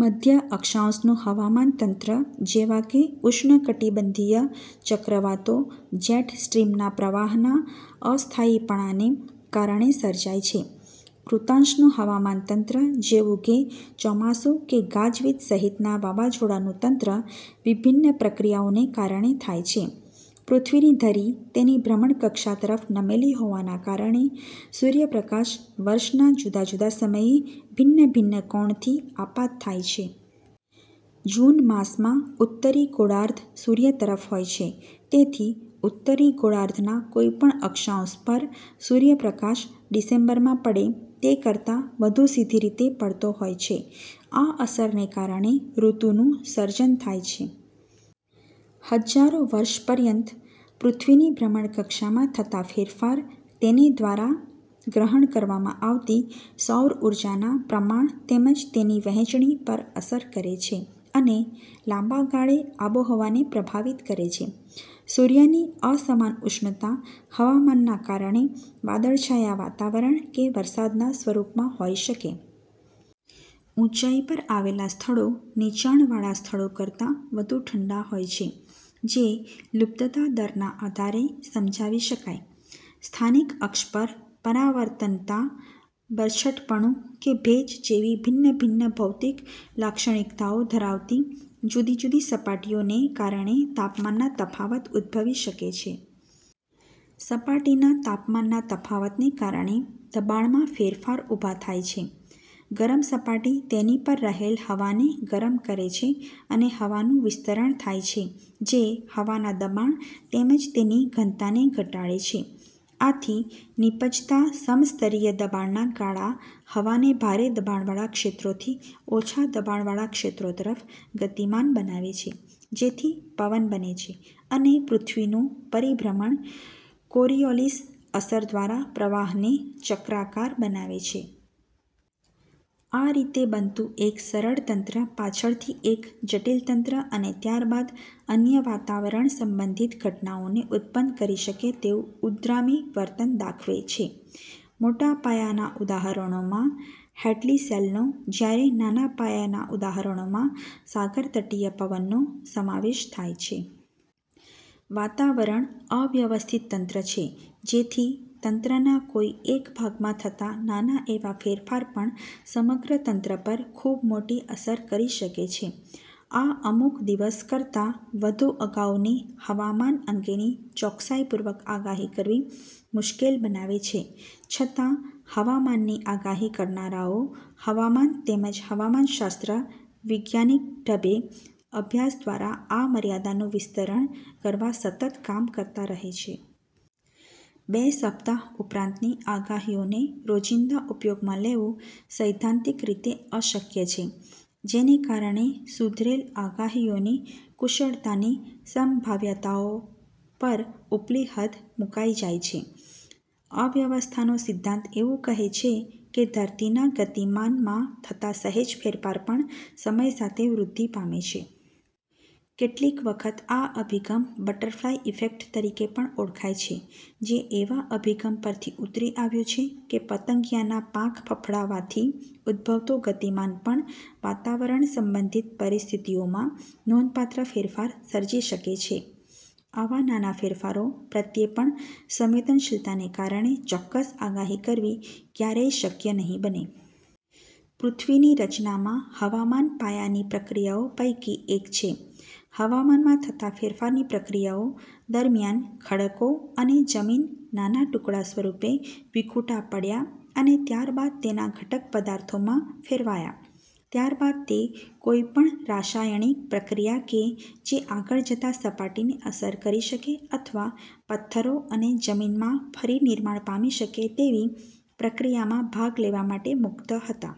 મધ્ય-અક્ષાંશનુ હવામાન તંત્ર, જેવાકે ઉષ્ણકટીબંધીય ચક્રવાતો, જેટ સ્ટ્રીમના પ્રવાહના અસ્થાયીપણાને કારણે સર્જાય છે. વૃત્તાંષનુ હવામાન તંત્ર, જેવું કે ચોમાસુ કે ગાજ-વીજ સહિતના વાવાઝોડાનું તંત્ર, વિભિન્ન પ્રક્રિયાઓને કારણે થાય છે. પૃથ્વીની ધરી તેની ભ્રમણ કક્ષા તરફ નમેલી હોવાના કારણે સૂર્યપ્રકાશ વર્ષના જુદા જુદા સમયે ભિન્ન-ભિન્ન કોણથી આપાત થાય છે. જૂન માસમાં ઉત્તરી ગોળાર્ધ સૂર્ય તરફ હોય છે, તેથી ઉત્તરી ગોળાર્ધના કોઈ પણ અક્ષાંશ પર સૂર્ય પ્રકાશ ડિસેમ્બરમાં પડે તે કરતા વધુ સીધી રીતે પડતો હોય છે. આ અસરને કારણે ઋતુનું સર્જન થાય છે. હજારો વર્ષપર્યંત, પૃથ્વીની ભ્રમણકક્ષામાં થતા ફેરફાર તેને દ્વારા ગ્રહણ કરવામાં આવતી સૌર ઊર્જાના પ્રમાણ તેમજ તેની વહેંચણી પર અસર કરે છે અને લાંબા ગાળે આબોહવાને પ્રભાવિત કરે છે. સૂર્ય ની અસમાન ઉષ્ણતા હવામાનના કારણે વાદળછાયા વાતાવરણ કે વરસાદના સ્વરૂપમાં હોઈ શકે. ઊંચાઈ પર આવેલા સ્થળો નીચાણવાળા સ્થળો કરતા વધુ ઠંડા હોય છે, જે લુપ્તતા દરના આધારે સમજાવી શકાય. સ્થાનિક અક્ષ પર, પરાવર્તનતા, બરછટપણું કે ભેજ જેવી ભિન્ન ભિન્ન ભૌતિક લાક્ષણિકતાઓ ધરાવતી જુદી જુદી સપાટીઓ ને કારણે તાપમાનના તફાવત ઉદભવી શકે છે. સપાટીના તાપમાનના તફાવતને કારણે દબાણમાં ફેરફાર ઉભા થાય છે. ગરમ સપાટી તેની પર રહેલ હવાને ગરમ કરે છે અને હવાનું વિસ્તરણ થાય છે જે હવાના દબાણ તેમજ તેની ઘનતાને ઘટાડે છે. આથી નીપજતા સમસ્તરીય દબાણના ગાળા હવાને ભારે દબાણવાળા ક્ષેત્રો થી ઓછા દબાણવાળા ક્ષેત્રો તરફ ગતિમાન બનાવે છે, જેથી પવન બને છે, અને પૃથ્વીનું પરીભ્રમણ કોરિઓલિસ અસર દ્વારા પ્રવાહને ચક્રાકાર બનાવે છે. આ રીતે બનતું એક સરળ તંત્ર પાછળથી એક જટિલ તંત્ર અને ત્યારબાદ અન્ય વાતાવરણ સંબંધિત ઘટનાઓને ઉત્પન્ન કરી શકે તેવું ઉદ્ગામી વર્તન દાખવે છે. મોટાપાયાના ઉદાહરણોમાં હેડ્લી સેલ નો, જ્યારે નાના પાયાના ઉદાહરણોમાં સાગરતટીય પવનનો સમાવેશ થાય છે. વાતાવરણ અવ્યવસ્થિત તંત્ર છે, જેથી તંત્રના કોઈ એક ભાગમાં થતા નાના એવા ફેરફાર પણ સમગ્ર તંત્ર પર ખૂબ મોટી અસર કરી શકે છે. આ અમુક દિવસ કરતા વધુ અગાઉની હવામાન અંગેની ચોકસાઈપૂર્વક આગાહી કરવી મુશ્કેલ બનાવે છે, છતા હવામાનની આગાહી કરનારાઓ હવામાન તેમજ હવામાનશાસ્ત્ર વિજ્ઞાનિક ઢબે અભ્યાસ દ્વારા આ મર્યાદાનું વિસ્તરણ કરવા સતત કામ કરતા રહે છે. બે સપ્તાહ ઉપરાંતની આગહીઓને રોજીંદા ઉપયોગમાં લેવુ સૈદ્ધાંતિક રીતે અશક્ય છે, જેને કારણે સુધરેલ આગાહીઓની કુશળતાની સંભાવ્યતાઓ પર ઉપલી હદ મુકાઈ જાય છે. અવ્યવસ્થાનો સિદ્ધાંત એવુ કહે છે કે ધરતીના ગતિમાનમાં થતા સહેજ ફેરફાર પણ સમય સાથે વૃદ્ધિ પામે છે. કેટલીક વખત આ અભિગમ બટરફ્લાય ઈફેક્ટ તરીકે પણ ઓળખાય છે, જે એવા અભિગમ પરથી ઉતરી આવ્યું છે કે પતંગિયાના પાંખ ફફડાવવાથી ઉદભવતો ગતિમાન પણ વાતાવરણ સંબંધિત પરિસ્થિતિઓમાં નોંધપાત્ર ફેરફાર સર્જી શકે છે. આવા નાના ફેરફારો પ્રત્યે પણ સંવેદનશીલતાને કારણે ચોક્કસ આગાહી કરવી ક્યારેય શક્ય નહીં બને. પૃથ્વીની રચનામાં હવામાન પાયાની પ્રક્રિયાઓ પૈકી એક છે. હવામાનમાં થતા ફેરફારની પ્રક્રિયાઓ દરમિયાન ખડકો અને જમીન નાના ટુકડા સ્વરૂપે વિખુટા પડ્યા અને ત્યારબાદ તેના ઘટક પદાર્થોમાં ફેરવાયા. ત્યારબાદ તે કોઈપણ રાસાયણિક પ્રક્રિયા કે જે આગળ જતા સપાટીને અસર કરી શકે અથવા પથ્થરો અને જમીનમાં ફરી નિર્માણ પામી શકે તેવી પ્રક્રિયામાં ભાગ લેવા માટે મુક્ત હતા.